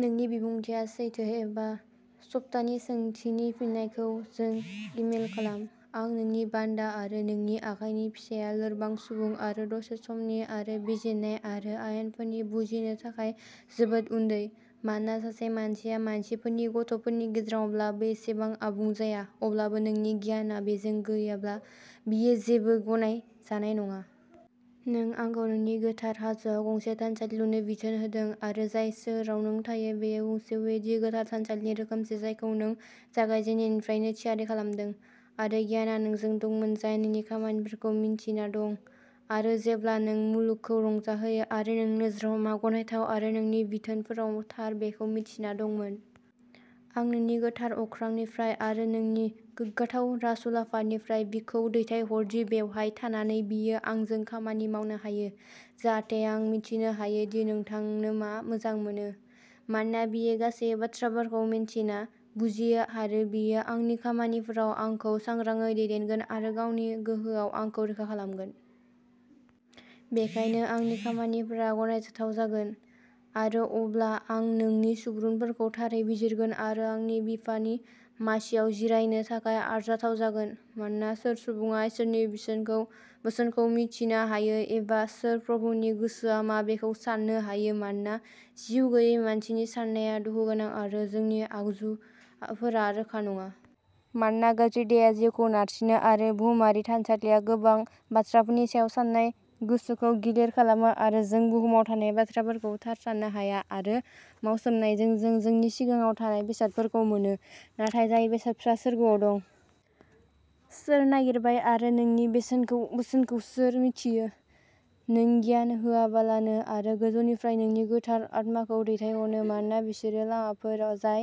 नोंनि बिबुंथि सोंथि एबा सप्तानि सोंथिनि फिननायखौ जों इमेल खालाम। आं नोंनि बान्दा आरो नोंनि आखाइनि फिसाया लोरबां सुबुं आरो दसे समनि आरो बिजिरनाय आरो आयेनफोरनि बुजिनो थाखाय जोबोद उन्दै। मानोना सासे मानसिया मानसिफोरनि गथ'फोरनि गेजेराव माब्लाबाबो एसेबां आबुं जाया, अब्लाबो नोंनि गियानआ बेजों गैयाब्ला, बियो जेबो गनाय जानाय नङा। नों आंखौ नोंनि गोथार हाजोआव गंसे थानसालि लुनो बिथोन होदों आरो जाय सोहोराव नों थायो बेयाव गंसे वेदी, गोथार थानसालिनि रोखोमसे, जायखौ नों जागायजेन्नायनिफ्रायनो थियारि खालामदों। आरो गियानआ नोंजों दंमोन जाय नोंनि खामानिफोरखौ मिन्थिना दं आरो जेब्ला नों मुलुगखौ रंजाहोयो आरो नोंनि नोजोराव मा गनायथाव आरो नोंनि बिथोनफोराव थार बेखौ मिन्थिना दंमोन। आ नोंनि गोथार अख्रांनिफ्राय आरो नोंनि गोग्गाथाव राजउलाफादनिफ्राय बिखौ दैथायहरदि बेवहाय थानानै बियो आंजों खामानि मावनो हायो, जाहाथे आं मिथिनो हायो दि नोंथांनो मा मोजां मोनो। मानोना बियो गासैबो बाथ्राफोरखौ मिन्थिना बुजियो आरो बियो आंनि खामानिफोराव आंखौ सांग्राङै दैदेनगोन आरो गावनि गोहोआव आंखौ रैखा खालामगोन। बेनिखायनो आंनि खामानिफोरा गनायजाथाव जागोन, आरो अब्ला आं नोंनि सुबुंफोरखौ थारै बिजिरगोन आरो आंनि बिफानि मासिआव जिरायनो थाखाय आरजाथाव जागोन। मानोना सोर सुबुङा इसोरनि बोसोनखौ मिथिनो हायो एबा सोर प्रभुनि गोसोआ मा बेखौ सान्नो हायो मानोना जिउगैयै मानसिफोरनि साननाया दुखुगोनां आरो जोंनि आगजुफोरा रोखा नङा। मानोना गाज्रि देहाया जिउखौ नारसिनो आरो बुहुमारि थानसालिया गोबां बाथ्राफोरनि सायाव सान्नाय गोसोखौ गिलिर खालामो आरो जों बुहुमाव थानाय बाथ्राफोरखौ थार सान्नो हाया, आरो मावसोमनायजों जों जोंनि सिगाङाव थानाय बेसादफोरखौ मोनोः नाथाय जाय बेसादफोरा सोरगोआव दं। सोर नागिरबाय आरो नोंनि बेसेनखौ बोसोनखौ सोर मिन्थियो, नों गियान होआलाबानो आरो गोजौनिफ्राय नोंनि गोथार आत्माखौ दैथायहरनो मानोना बिसोरनि लामाफोर जाय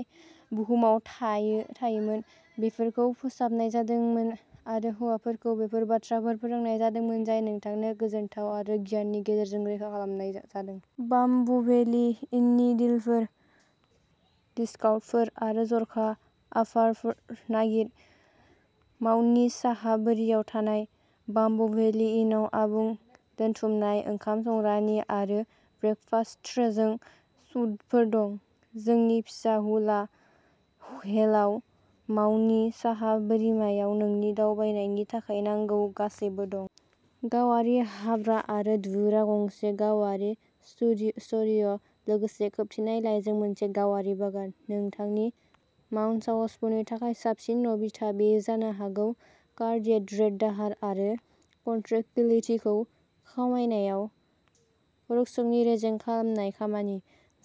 बुहुमाव थायो-थायोमोन बेफोरखौ फोसाबनाय जादोंमोन आरो हौवाफोरखौ बैफोर बाथ्राफोर फोरोंनाय जादोंमोन जाय नोंथांनो गोजोनथाव आरो गियाननि गेजेरजों रैखा खालामनाय जादोंमोन। बाम्ब'भेलि इननि डिलफोर, डिस्काउन्टफोर आरो जर'खा अफारफोर नागिर। माउयनि साहा बोरियाव थानाय, बाम्ब'भेलि इनआव आबुं दोनथुमनाय ओंखाम संग्रानि आरो ब्रेकफास्ट ट्रेजों सुइटफोर दं। जोंनि फिसा हुला हेलआव माउनि साहा बोरिमायाव नोंनि दावबायनायनि थाखाय नांगौ गासैबो दं। गावारि हाबग्रा आरो दुगैग्रा गंसे गावारि स्टुडिय', लोगोसे खोबथेनाय लानाइजों मोनसे गावारि बागान। नोंथांनि माउइ साहसफोरनि थाखाय साबसिन न'- बिथा, बेयो जानो हागौ कार्डियेक रेट दाहार आरो कन्ट्रेक्टिलिटिखौ खमायनायाव औरक्सनि रेजें खालामनाय खामानि,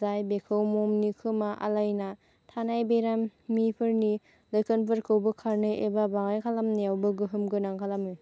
जाय बेखौ ममनि खोमा आलायना थानाय बेरामिफोरनि लैखोनफोरखौ बोखारनो एबा बाङाइ खालामनायावबो गोहोम गोनां खालामो।